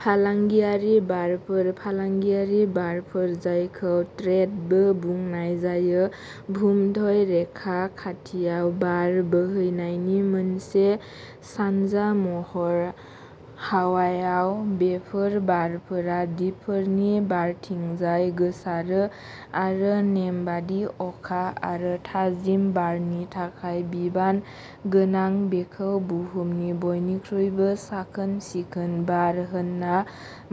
फालांगियारि बारफोर? फालांगियारि बारफोर जायखौ ट्रेड बो बुंनाय जायो, भुमध्य रेखा खाथियाव बार बोहैनायनि मोनसे सानजा महर। हावाइआव बेफोर बारफोरा दिपफोरनि बारथिंजाय गोसारो आरो नेमबादि अखा आरो थाजिम बारनि थाखाय बिबान गोनां। बेखौ बुहुमनि बयनिख्रुइबो साखोन-सिखोन बार होनना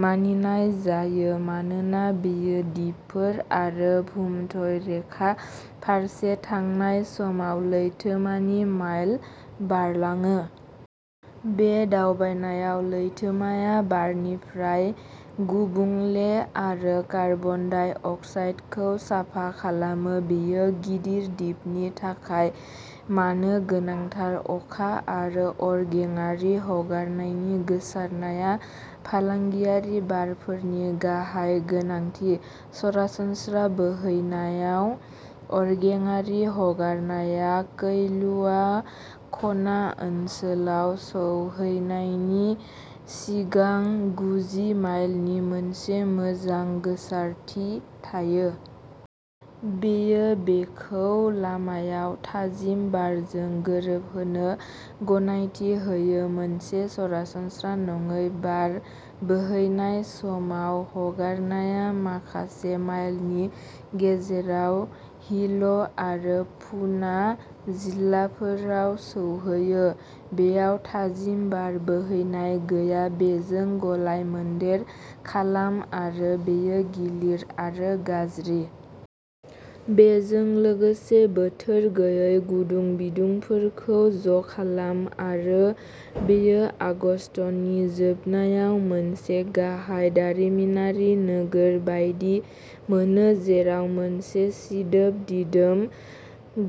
मानिनाय जायो मानोना बेयो दिपफोर आरो भुमध्य रेखा फारसे थांनाय समाव लैथोमानि माइल बारलाङो। बे दावबायनायाव लैथोमाया बारनिफ्राय गुबुंले आरो कार्बन डाइ अक्साइडखौ साफा खालामो। बेयो गिदिर दिपनि थाखाय मानो गोनांथार? अखा आरो अरगेंआरि हगारनायनि गोसारनाया फालांगियारि बारफोरनि गाहाय गोनांथि। सरासनस्रा बोहैनायाव, अरगेंआरि हगारनाया कैलुआ कना ओनसोलाव सौहैनायनि सिगां गुजि माइलनि मोनसे मोजां गोसारथि थायो। बेयो बेखौ लामायाव थाजिम बारजों गोरोबहोनो गनायथि होयो। मोनसे सरासनस्रा नङै बार बोहैनाय समाव, हगारनाया माखासे माइलनि गेजेराव हिल' आरो पुना जिल्लाफोराव सौहैयो। बेयाव थाजिम बार बोहैनाय गैया। बेजों गलाय-मोनदेर खालाम आरो बेयो गिलिर आरो गाज्रि। बेजों लोगोसे बोथोर गैयै गुदुं बिदुंफोरखौ ज'खालाम आरो बेयो आगस्तनि जोबनायाव मोनसे गाहाय दारिमिनारि नोगोर बायदि मोनो, जेराव मोनसे सिदोब, दिदोम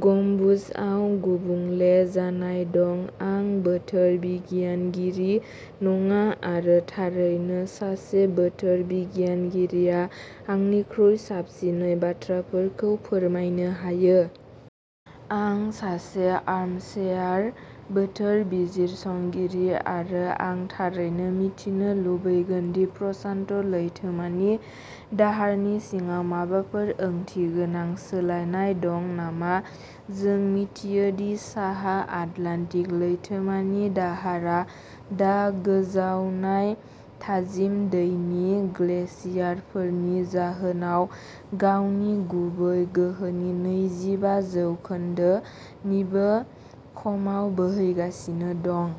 गम्बुजआव गुबुंले जानाय दं। आं बोथोर बिगियानगिरि नङा। आरो, थारैनो सासे बोथोर बिगियानगिरिया आंनिख्रुइ साबसिनै बाथ्राफोरखौ फोरमायनो हायो। आं सासे आर्मचेयार बोथोर बिजिरसंगिरि आरो आं थारैनो मिथिनो लुबैगोन दि प्रशान्त लैथोमानि दाहारनि सिङाव माबाफोर ओंथिगोनां सोलायनाय दं नामा। जों मिथियो दि साहा आटलान्टिक लैथोमानि दाहारा दा गोजावनाय थाजिम दैनि ग्लेसियारफोरनि जाहोनाव गावनि गुबै गोहोनि नैजिबा जौखोन्दो निबो खमाव बोहैगासिनो दं।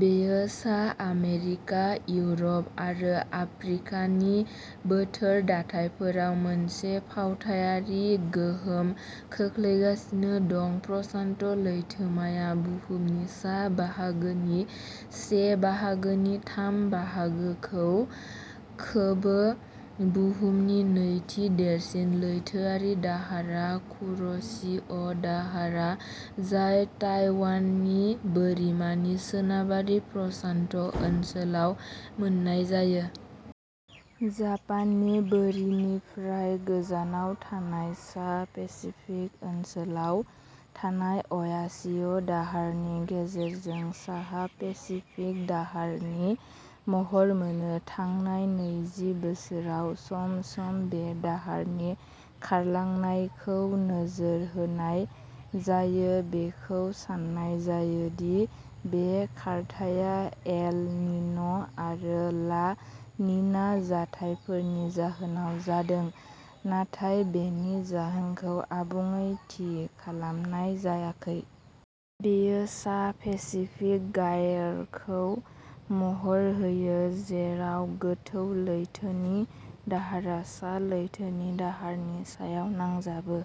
बेयो सा आमेरिका, इउर'प आरो आफ्रिकानि बोथोर दाथायफोराव मोनसे फावथायारि गोहोम खोख्लैगासिनो दं। प्रशान्त लैथोमाया बुहुमनि सा-बाहागोनि से बाहागोनि थाम बाहागोखौ खोबो। बुहुमनि नैथि देरसिन लैथोआरि दाहारा कुर'शिअ' दाहारा, जाय ताइवाननि बोरिमानि सोनाबारि प्रशान्त ओनसोलाव मोननाय जायो। जापाननि बोरिनिफ्राय गोजानाव थानाय सा पेसिफिक ओनसोलाव थानाय अ'यासिअ'दाहारनि गेजेरजों साहा पेसिफिक दाहारनि महर मोनो। थांनाय नैजि बोसोराव, सम-सम बे दाहारनि खारलांनाय खौ नोजोर होनाय जायो। बेखौ सान्नाय जायो दि बे खारथाया एल निन' आरो ला निना जाथायफोरनि जाहोनाव जादों, नाथाय बेनि जाहोनखौ आबुङै थि खालामनाय जायाखै। बेयो सा पेसिफिक गायरखौ महर होयो जेराव गोथौ लैथोनि दाहारा सा लैथोनि दाहारनि सायाव नांजाबो।